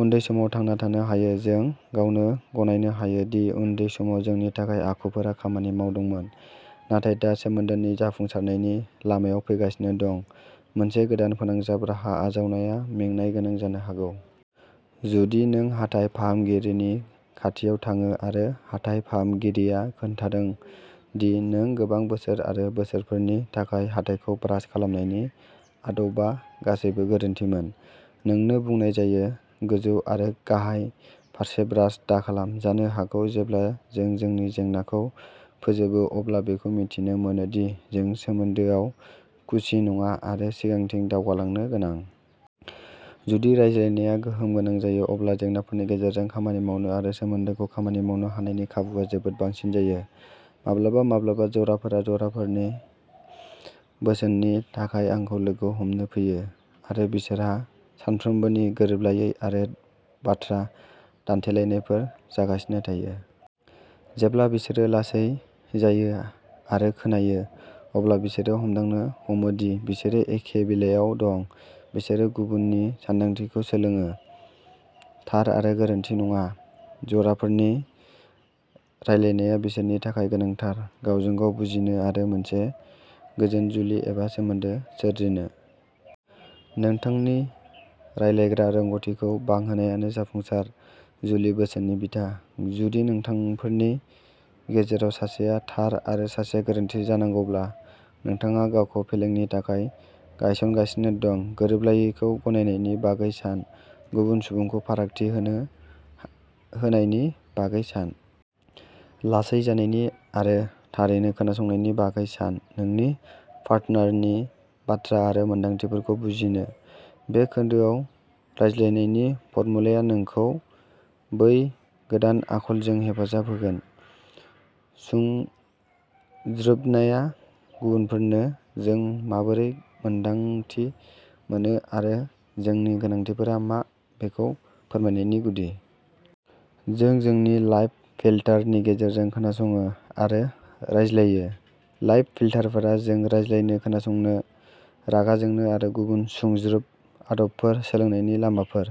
उन्दै समाव थांना थानो हायो। जों गावनो गनायनो हायो दि उन्दै समाव जोंनि थाखाय आखुफोरा खामानि मावदोंमोन। नाथाय दा सोमोन्दोनि जाफुंसारनायनि लामायाव फैगासिनो दं। मोनसे गोदान फोनांजाब राहा आजावनाया मेंनाय गोनां जानो हागौ। जुदि नों हाथाइ फाहामगिरिनि खाथियाव थाङो आरो हाथाइ फाहामगिरिया खोन्थादों दि नों गोबां बोसोर आरो बोसोरफोरनि थाखाय हाथाइखौ ब्रास खालामनायनि आदबआ गासैबो गोरोन्थिमोन। नोंनो बुंनाय जायो गोजौ आरो गाहाय फारसे ब्रास दाखालाम जानो हागौ जेब्ला जों जोंनि जेंनाखौ फोजोबो अब्ला बेखौ मिथिनो मोनो दि जों सोमोन्दोआव खुसि नङा आरो सिगांथिं दावगालांनो गोनां। जुदि रायज्लायनाया गोहोम गोनां जायो, अब्ला जेंनाफोरनि गेजेरजों खामानि मावनो आरो सोमोन्दोखौ खामानि मावनो हानायनि खाबुआ जोबोद बांसिन जायो। माब्लाबा माब्लाबा ज'राफोरा ज'राफोरनि बोसोननि थाखाय आंखौ लोगो हमनो फैयो आरो बिसोरहा सानफ्रोमबोनि गोरोबलायै आरो बाथ्रा दान्थेलायनायफोर जागासिनो थायो। जेब्ला बिसोरो लासै जायो आरो खोनायो, अब्ला बिसोरो हमदांनो हमो दि बिसोरो एखे बिलायाव दं। बिसोरो गुबुन नि सानदांथिखौ सोलोङो, थार आरो गोरोन्थि नङा। जराफोरनि रायलायनाया बिसोरनि थाखाय गोनांथार, गावजों गाव बुजिनो आरो मोनसे गोजोन जुलि एबा सोमोन्दो सोरजिनो। नोंथांनि रायलायग्रा रोंग'थिखौ बांहोनायानो जाफुंसार जुलि बोसोननि बिथा। जुदि नोंथांफोरनि गेजेराव सासेया थार आरो सासेया गोरोन्थि जानांगौब्ला नोंथाङा गावखौ फेलेंनि थाखाय गायसनगासिनो दं। गोरोबलायैखौ गनायनायनि बागै सान। गुबुन सुबुंखौ फारागथि होनो होनायनि बागै सान। लासै जानायनि आरो थारैनो खोनासंनायनि बागै सान। नोंनि पार्टनारनि बाथ्रा आरो मोन्दांथिफोरखौ बुजिनो। बे खोन्दोआव रायज्लायनायनि फर्मुलाया नोंखौ बै गोदान आखलजों हेफाजाब होगोन। सुंज्रोबनाया गुबुनफोरनो जों माबोरै मोन्दांथि मोनो आरो जोंनि गोनांथिफोरा मा बेखौ फोरमायनायनि गुदि। जों जोंनि लाइफ फिल्टार नि गेजेरजों खोनासङो आरो रायज्लायो। लाइफ फिल्टारफोरा जों रायज्लायनो, खोनासंनो, रागा जोंनो आरो गुबुन सुंज्रोब आदबफोर सोलोंनायनि लामाफोर।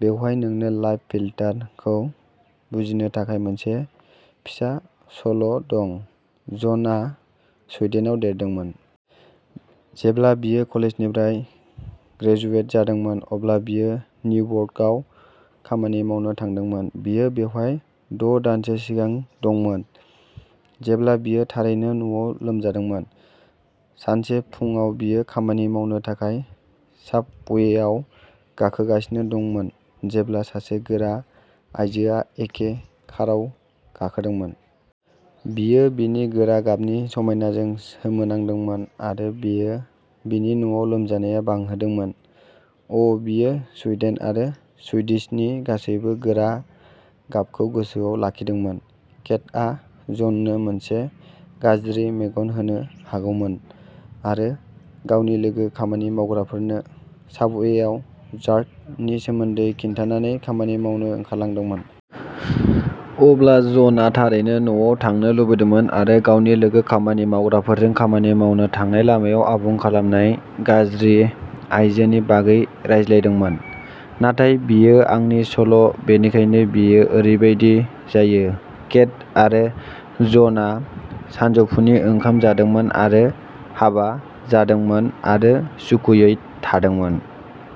बेवहाय नोंनो लाइफ फिल्टार खौ बुजिनो थाखाय मोनसे फिसा सल'दं। जनआ सुइडेनाव देरदोंमोन। जेब्ला बियो कलेजनिफ्राय ग्रेजुवेट जादोंमोन, अब्ला बियो निउयार्कआव खामानि मावनो थांदोंमोन। बियो बेवहाय द'दानसो सिगां दंमोन जेब्ला बियो थारैनो न'आव लोमजादोंमोन। सानसे फुंआव बियो खामानि मावनो थाखाय साबवेआव गाखोगासिनो दंमोन जेब्ला सासे गोरा आयजोआ एखे काराव गाखोदोंमोन। बियो बिनि गोरा गाबनि समायनाजों सोमोनांदोंमोन आरो बेयो बिनि न'आव लोमजानाया बांहोदोंमोन। अ'बियो सुइडेन आरो सुइडिशनि गासैबो गोरा गाबखौ गोसोआव लाखिदोंमोन। केटआ जननो मोनसे गाज्रि मेगन होनो हागौमोन आरो गावनि लोगो खामानि मावग्राफोरनो साबवेआव जार्क नि सोमोन्दै खिन्थानानै खामानि मावनो ओंखारलांदोंमोन। अब्ला जनआ थारैनो न'आव थांनो लुबैदोंमोन आरो गावनि लोगो खामानि मावग्राफोरजों खामानि मावनो थांनाय लामायाव आबुं खालामनाय गाज्रि आइजोनि बागै रायज्लायदोंमोन। नाथाय बियो आंनि सल' बेनिखायनो बियो ओरैबायदि जायो। केट आरो जनआ सानजौफुनि ओंखाम जादोंमोन आरो हाबा जादोंमोन आरो सुखुयै थादोंमोन।